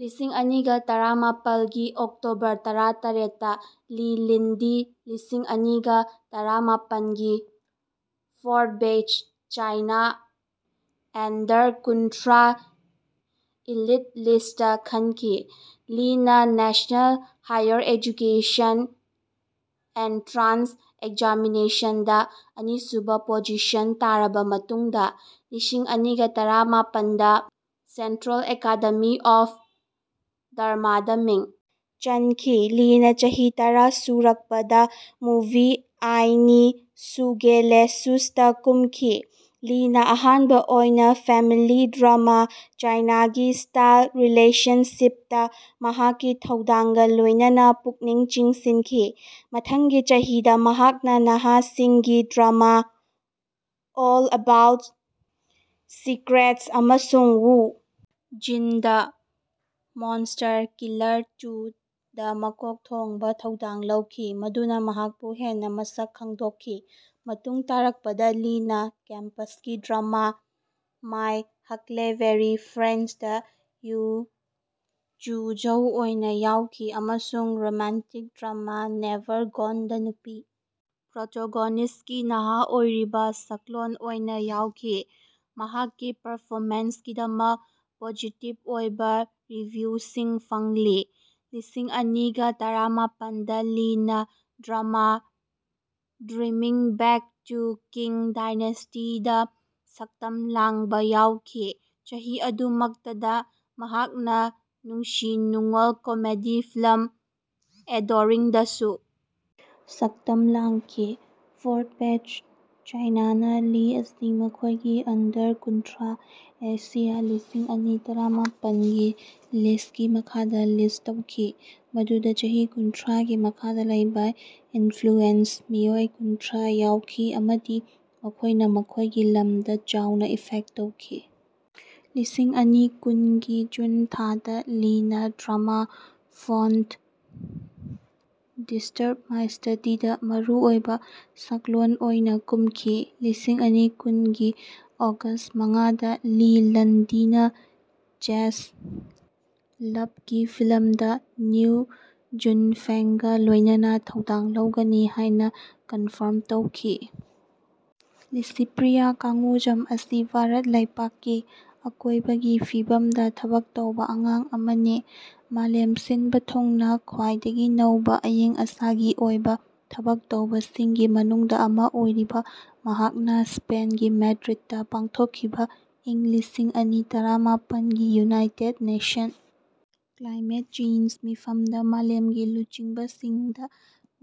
ꯂꯤꯁꯤꯡꯑꯅꯤꯒ ꯇꯔꯥꯃꯥꯄꯟꯒꯤ October ꯇꯔꯥꯇꯔꯦꯠꯇ Li Landi ꯂꯤꯁꯤꯡꯑꯅꯤꯒ ꯇꯔꯥꯃꯥꯄꯟꯒꯤ ꯐꯣꯔꯕꯦꯁ ꯆꯥꯏꯅꯥ ꯑꯟꯗꯔ ꯀꯨꯟꯊ꯭ꯔꯥ ꯏꯂꯤꯠ ꯂꯤꯁꯠꯇ ꯈꯟꯈꯤ꯫ ꯂꯤꯅꯥ ꯅꯦꯁꯅꯦꯜ ꯍꯥꯏꯌꯔ ꯑꯦꯖꯨꯀꯦꯁꯟ ꯑꯦꯟꯇ꯭ꯔꯥꯟꯁ ꯑꯦꯛꯖꯥꯃꯤꯅꯦꯁꯟꯗ ꯑꯅꯤꯁꯨꯕ ꯄꯣꯖꯤꯁꯟ ꯇꯥꯔꯕ ꯃꯇꯨꯡꯗ ꯂꯤꯁꯤꯡ ꯑꯅꯤꯒ ꯇꯔꯥꯅꯤꯄꯥꯟꯗ ꯁꯦꯟꯇ꯭ꯔꯦꯜ ꯑꯦꯀꯥꯗꯦꯃꯤ ꯑꯣꯐ ꯗ꯭ꯔꯃꯥꯗ ꯃꯤꯡ ꯆꯟꯈꯤ꯫ ꯂꯤꯅꯥ ꯆꯍꯤ ꯇꯔꯥ ꯁꯨꯔꯛꯄꯗ ꯃꯨꯚꯤ ꯑꯥꯏꯅꯤ ꯁꯨꯒꯦꯂꯦꯁꯨꯏ ꯗ ꯀꯨꯝꯈꯤ꯫ ꯂꯤꯅ ꯑꯍꯥꯟꯕ ꯑꯣꯏꯅ ꯐꯦꯃꯤꯂꯤ ꯗ꯭ꯔꯃꯥ ꯆꯥꯏꯅꯥꯒꯤ ꯁ꯭ꯇꯥꯏꯜ ꯔꯤꯂꯦꯁꯟꯁꯤꯞꯇ ꯃꯍꯥꯛꯀꯤ ꯊꯧꯗꯥꯡꯒ ꯂꯣꯏꯅꯅ ꯄꯨꯛꯅꯤꯡ ꯆꯤꯡꯁꯤꯟꯈꯤ꯫ ꯃꯊꯪꯒꯤ ꯆꯍꯤꯗ ꯃꯍꯥꯛꯅ ꯅꯍꯥꯁꯤꯡꯒꯤ ꯗ꯭ꯔꯃꯥ ꯑꯣꯜ ꯑꯦꯕꯥꯎꯠ ꯁꯤꯛꯔꯦꯇꯁ ꯑꯃꯁꯨꯡ Woo Jin: the monster killer to the ꯃꯀꯣꯛ ꯊꯣꯡꯕ ꯊꯧꯗꯥꯡ ꯂꯧꯈꯤ꯫ ꯃꯗꯨꯅ ꯃꯍꯥꯛꯄꯨ ꯍꯦꯟꯅ ꯃꯁꯛ ꯈꯪꯗꯣꯛꯈꯤ꯫ ꯃꯇꯨꯡ ꯇꯥꯔꯛꯄꯗ ꯂꯤꯅ ꯀꯦꯝꯄꯁꯀꯤ ꯗ꯭ꯔꯃꯥ ꯃꯥꯏ ꯍꯛꯂꯕꯦꯔꯤ ꯐ꯭ꯔꯦꯟꯗꯁꯇ ꯌꯨ ꯓꯨꯖꯧ ꯑꯣꯏꯅ ꯌꯥꯎꯈꯤ, ꯑꯃꯁꯨꯡ ꯔꯣꯃꯥꯟꯇꯤꯛ ꯗ꯭ꯔꯃꯥ ꯅꯦꯚꯔ ꯒꯣꯟꯗ ꯅꯨꯄꯤ ꯄ꯭ꯔꯣꯇꯣꯒꯣꯅꯤꯁ꯭ꯇꯀꯤ ꯅꯍꯥ ꯑꯣꯏꯔꯤꯕ ꯁꯛꯂꯣꯟ ꯑꯣꯏꯅ ꯌꯥꯎꯈꯤ꯫ ꯃꯍꯥꯛꯀꯤ ꯄꯔꯐꯣꯃꯦꯟꯁꯀꯤꯗꯃꯛ ꯄꯣꯖꯤꯇꯤꯕ ꯑꯣꯏꯕ ꯔꯤꯚꯤꯌꯨꯁꯤꯡ ꯐꯪꯂꯤ꯫ ꯂꯤꯁꯤꯡꯑꯅꯤꯒ ꯇꯔꯥꯃꯥꯄꯟꯗ ꯂꯤꯅ drama dreaming back to king ꯗꯥꯏꯅꯦꯁ꯭ꯇꯤꯗ ꯁꯛꯇꯝ ꯂꯥꯡꯕ ꯌꯥꯎꯈꯤ꯫ ꯆꯍꯤ ꯑꯗꯨꯃꯛꯇꯗ ꯃꯍꯥꯛꯅ ꯅꯨꯡꯁꯤ ꯅꯨꯡꯉꯣꯜ ꯀꯣꯃꯦꯗꯤ ꯐꯤꯂꯝ ꯑꯦꯗꯣꯔꯤꯡ ꯗꯁꯨ ꯁꯛꯇꯝ ꯂꯥꯡꯈꯤ꯫ ꯐꯣꯔꯕꯦꯁ ꯆꯥꯏꯅꯥꯅ ꯂꯤ ꯑꯁꯤ ꯃꯈꯣꯏꯒꯤ ꯑꯟꯗꯔ ꯀꯨꯟꯊ꯭ꯔꯥ ꯑꯦꯁꯤꯌꯥ ꯂꯤꯁꯤꯡ ꯑꯅꯤ ꯇꯔꯥꯃꯥꯄꯟꯒꯤ ꯂꯤꯁ꯭ꯠꯀꯤ ꯃꯈꯥꯗ ꯂꯤꯁ꯭ꯠ ꯇꯧꯈꯤ ꯃꯗꯨꯗ ꯆꯍꯤ ꯀꯨꯟꯊ꯭ꯔꯥꯒꯤ ꯃꯈꯥꯗ ꯂꯩꯕ ꯏꯟꯐ꯭ꯂꯨꯑꯦꯟꯇ ꯃꯤꯑꯣꯏ ꯀꯨꯟꯊ꯭ꯔꯥ ꯌꯥꯎꯈꯤ ꯑꯃꯗꯤ ꯃꯈꯣꯏꯅ ꯃꯈꯣꯏꯒꯤ ꯂꯝꯗ ꯆꯥꯎꯅ ꯏꯐꯦꯛꯠ ꯇꯧꯈꯤ꯫ ꯂꯤꯁꯤꯡꯑꯅꯤ ꯀꯨꯟꯒꯤ ꯖꯨꯟ ꯊꯥꯗ ꯂꯤꯅ ꯗ꯭ꯔꯃꯥ ꯗꯣꯟꯠ ꯗꯤꯁꯇ꯭ꯔꯕ ꯃꯥꯏ ꯁ꯭ꯇꯗꯤꯗ ꯃꯔꯨꯑꯣꯏꯕ ꯁꯛꯂꯣꯟ ꯑꯣꯏꯅ ꯀꯨꯝꯈꯤ꯫ ꯂꯤꯁꯤꯡ ꯑꯅꯤ ꯀꯨꯟꯒꯤ ꯑꯣꯒꯁ꯭ꯠ ꯃꯉꯥꯗ ꯂꯤ ꯂꯟꯗꯤꯅ ꯆꯦꯁ ꯂꯚ ꯒꯤ ꯐꯤꯂꯝꯗ ꯅꯤꯎ ꯖꯨꯅꯐꯦꯡꯒ ꯂꯣꯏꯅꯅ ꯊꯧꯗꯥꯡ ꯂꯧꯒꯅꯤ ꯍꯥꯏꯅ ꯀꯟꯐꯥꯔ꯭ꯝ ꯇꯧꯈꯤ꯫ ꯂꯤꯁꯤꯄ꯭ꯔꯤꯌꯥ ꯀꯡꯒꯨꯖꯝ ꯑꯁꯤ ꯚꯥꯔꯠ ꯂꯩꯄꯥꯛꯀꯤ ꯑꯀꯣꯏꯕꯒꯤ ꯐꯤꯚꯝꯗ ꯊꯕꯛ ꯇꯧꯕ ꯑꯉꯥꯡ ꯑꯃꯅꯤ꯫ ꯃꯥꯂꯦꯝ ꯁꯤꯟꯕ ꯊꯨꯡꯅ ꯈ꯭ꯋꯥꯏꯗꯒꯤ ꯅꯧꯕ ꯑꯏꯪ ꯑꯁꯥꯒꯤ ꯑꯣꯏꯕ ꯊꯕꯛ ꯇꯧꯕꯁꯤꯡꯒꯤ ꯃꯅꯨꯡꯗ ꯑꯃ ꯑꯣꯏꯔꯤꯕ ꯃꯍꯥꯛꯅ ꯁ꯭ꯄꯦꯟꯒꯤ ꯃꯦꯗ꯭ꯔꯤꯗꯇ ꯄꯥꯡꯊꯣꯛꯈꯤꯕ ꯏꯪ ꯂꯤꯁꯤꯡꯑꯅꯤ ꯇꯔꯥꯃꯥꯄꯟꯒꯤ ꯌꯨꯅꯥꯏꯇꯦꯗ ꯅꯦꯁꯟ꯭ꯁ ꯀ꯭ꯂꯥꯏꯃꯦꯠ ꯆꯦꯟꯖ ꯃꯤꯐꯝꯗ ꯃꯥꯂꯦꯝꯒꯤ ꯂꯨꯆꯤꯡꯕꯁꯤꯡꯗ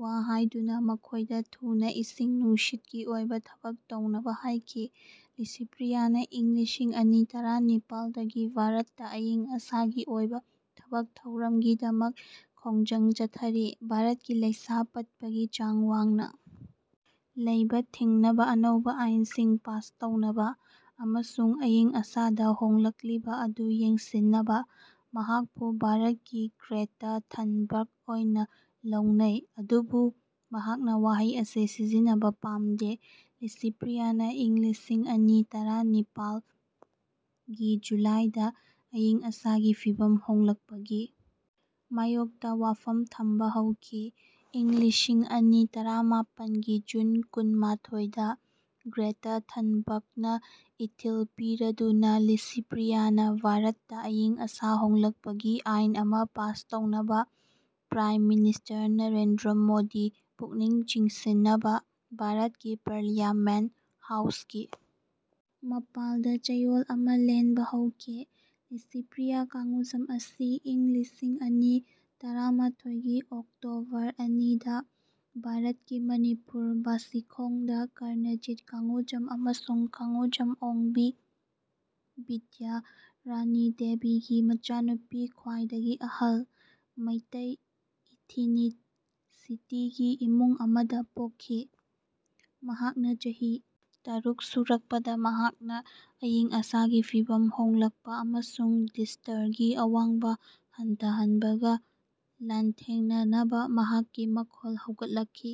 ꯋꯥ ꯍꯥꯏꯗꯨꯅ ꯃꯈꯣꯏꯗ ꯊꯨꯅ ꯏꯁꯤꯡ ꯅꯨꯡꯁꯤꯠꯀꯤ ꯑꯣꯏꯕ ꯊꯕꯛ ꯇꯧꯅꯕ ꯍꯥꯏꯈꯤ꯫ ꯂꯤꯁꯤꯄ꯭ꯔꯤꯌꯥꯅ ꯏꯪ ꯂꯤꯁꯤꯡꯑꯅꯤ ꯇꯔꯥꯅꯤꯄꯥꯥꯜ ꯗꯒꯤ ꯚꯥꯔꯠꯇ ꯑꯏꯪ ꯑꯁꯥꯒꯤ ꯑꯣꯏꯕ ꯊꯕꯛ ꯊꯧꯔꯝꯒꯤꯗꯃꯛ ꯈꯣꯡꯖꯪ ꯆꯠꯊꯔꯤ, ꯚꯥꯔꯠꯀꯤ ꯂꯩꯁꯥ ꯄꯠꯄꯒꯤ ꯆꯥꯡ ꯋꯥꯡꯅ ꯂꯩꯕ ꯊꯤꯡꯅꯕ ꯑꯅꯧꯕ ꯑꯥꯏꯟꯁꯤꯡ ꯄꯥꯁ ꯇꯧꯅꯕ, ꯑꯃꯁꯨꯡ ꯑꯏꯪ ꯑꯁꯥꯗ ꯍꯣꯡꯂꯛꯂꯤꯕ ꯑꯗꯨ ꯌꯦꯡꯁꯤꯟꯅꯕ꯫ ꯃꯍꯥꯛꯄꯨ ꯚꯥꯔꯠꯀꯤ ꯒ꯭ꯔꯦꯇꯥ ꯊꯟꯕꯔ꯭ꯒ ꯑꯣꯏꯅ ꯂꯧꯅꯩ, ꯑꯗꯨꯕꯨ ꯃꯍꯥꯛꯅ ꯋꯥꯍꯩ ꯑꯁꯤ ꯁꯤꯖꯤꯟꯅꯕ ꯄꯥꯝꯗꯦ꯫ ꯂꯤꯁꯤꯄ꯭ꯔꯤꯌꯥꯅ ꯏꯪ ꯂꯤꯁꯤꯡꯑꯅꯤ ꯇꯔꯥꯅꯤꯄꯥꯜꯒꯤ ꯖꯨꯂꯥꯏꯗ ꯑꯏꯪ ꯑꯁꯥꯒꯤ ꯐꯤꯚꯝ ꯍꯣꯡꯂꯛꯄꯒꯤ ꯃꯥꯌꯣꯛꯇ ꯋꯥꯐꯝ ꯊꯝꯕ ꯍꯧꯈꯤ꯫ ꯏꯪ ꯂꯤꯁꯤꯡꯑꯅꯤ ꯇꯔꯥꯃꯥꯄꯟꯒꯤ ꯖꯨꯟ ꯀꯨꯟ - ꯃꯥꯊꯣꯏꯗ ꯒ꯭ꯔꯦꯇꯥ ꯊꯟꯕꯔ꯭ꯒꯅ ꯏꯊꯤꯜ ꯄꯤꯔꯗꯨꯅ ꯂꯤꯁꯤꯄ꯭ꯔꯤꯌꯥꯅ ꯚꯥꯔꯠꯇ ꯑꯏꯪ ꯑꯁꯥ ꯍꯣꯡꯗꯣꯛꯄꯒꯤ ꯑꯥꯏꯟ ꯑꯃ ꯄꯥꯁ ꯇꯧꯅꯕ ꯄ꯭ꯔꯥꯏꯝ ꯃꯤꯅꯤꯁꯇꯔ ꯅꯔꯦꯟꯗ꯭ꯔ ꯃꯣꯗꯤ ꯄꯨꯛꯅꯤꯡ ꯆꯤꯡꯁꯤꯟꯅꯕ ꯚꯥꯔꯠꯀꯤ ꯄꯥꯔꯂꯤꯌꯥꯃꯦꯟ꯭ꯇ ꯍꯥꯎꯁꯀꯤ ꯃꯄꯥꯟꯗ ꯆꯌꯣꯜ ꯑꯃ ꯂꯦꯟꯕ ꯍꯧꯈꯤ꯫ ꯂꯤꯁꯤꯄ꯭ꯔꯤꯌꯥ ꯀꯡꯒꯨꯖꯝ ꯑꯁꯤ ꯏꯪ ꯂꯤꯁꯤꯡꯑꯅꯤ ꯇꯔꯥꯃꯥꯊꯣꯏꯒꯤ ꯑꯣꯛꯇꯣꯕꯔ ꯑꯅꯤꯗ ꯚꯥꯔꯠꯀꯤ ꯃꯅꯤꯄꯨꯔ ꯕꯥꯁꯤꯈꯣꯡꯗ, ꯀꯅꯔꯖꯤꯠ ꯀꯡꯒꯨꯖꯥꯝ ꯑꯃꯁꯨꯡ ꯀꯡꯒꯨꯖꯝ ꯑꯣꯡꯕꯤ ꯕꯤꯗ꯭ꯌꯥꯔꯥꯅꯤ ꯗꯦꯕꯤꯒꯤ ꯃꯆꯥꯅꯨꯄꯤ ꯈ꯭ꯋꯥꯏꯗꯒꯤ ꯑꯍꯟ, ꯃꯩꯇꯩ ꯏꯊꯤꯅꯤꯁꯤꯇꯤꯒꯤ ꯏꯃꯨꯡ ꯑꯃꯗ ꯄꯣꯛꯈꯤ꯫ ꯃꯍꯥꯛꯅ ꯆꯍꯤ ꯇꯔꯨꯛ ꯁꯨꯔꯛꯄꯗ ꯃꯍꯥꯛꯅ ꯑꯏꯪ ꯑꯁꯥꯒꯤ ꯐꯤꯚꯝ ꯍꯣꯡꯂꯛꯄ ꯑꯃꯁꯨꯡ ꯗꯤꯁ꯭ꯇꯥꯔꯒꯤ ꯑꯋꯥꯕ ꯍꯟꯊꯍꯟꯕꯒ ꯂꯥꯟꯊꯦꯡꯅꯅꯕ ꯃꯍꯥꯛꯀꯤ ꯃꯈꯣꯜ ꯍꯧꯒꯠꯂꯛꯈꯤ꯫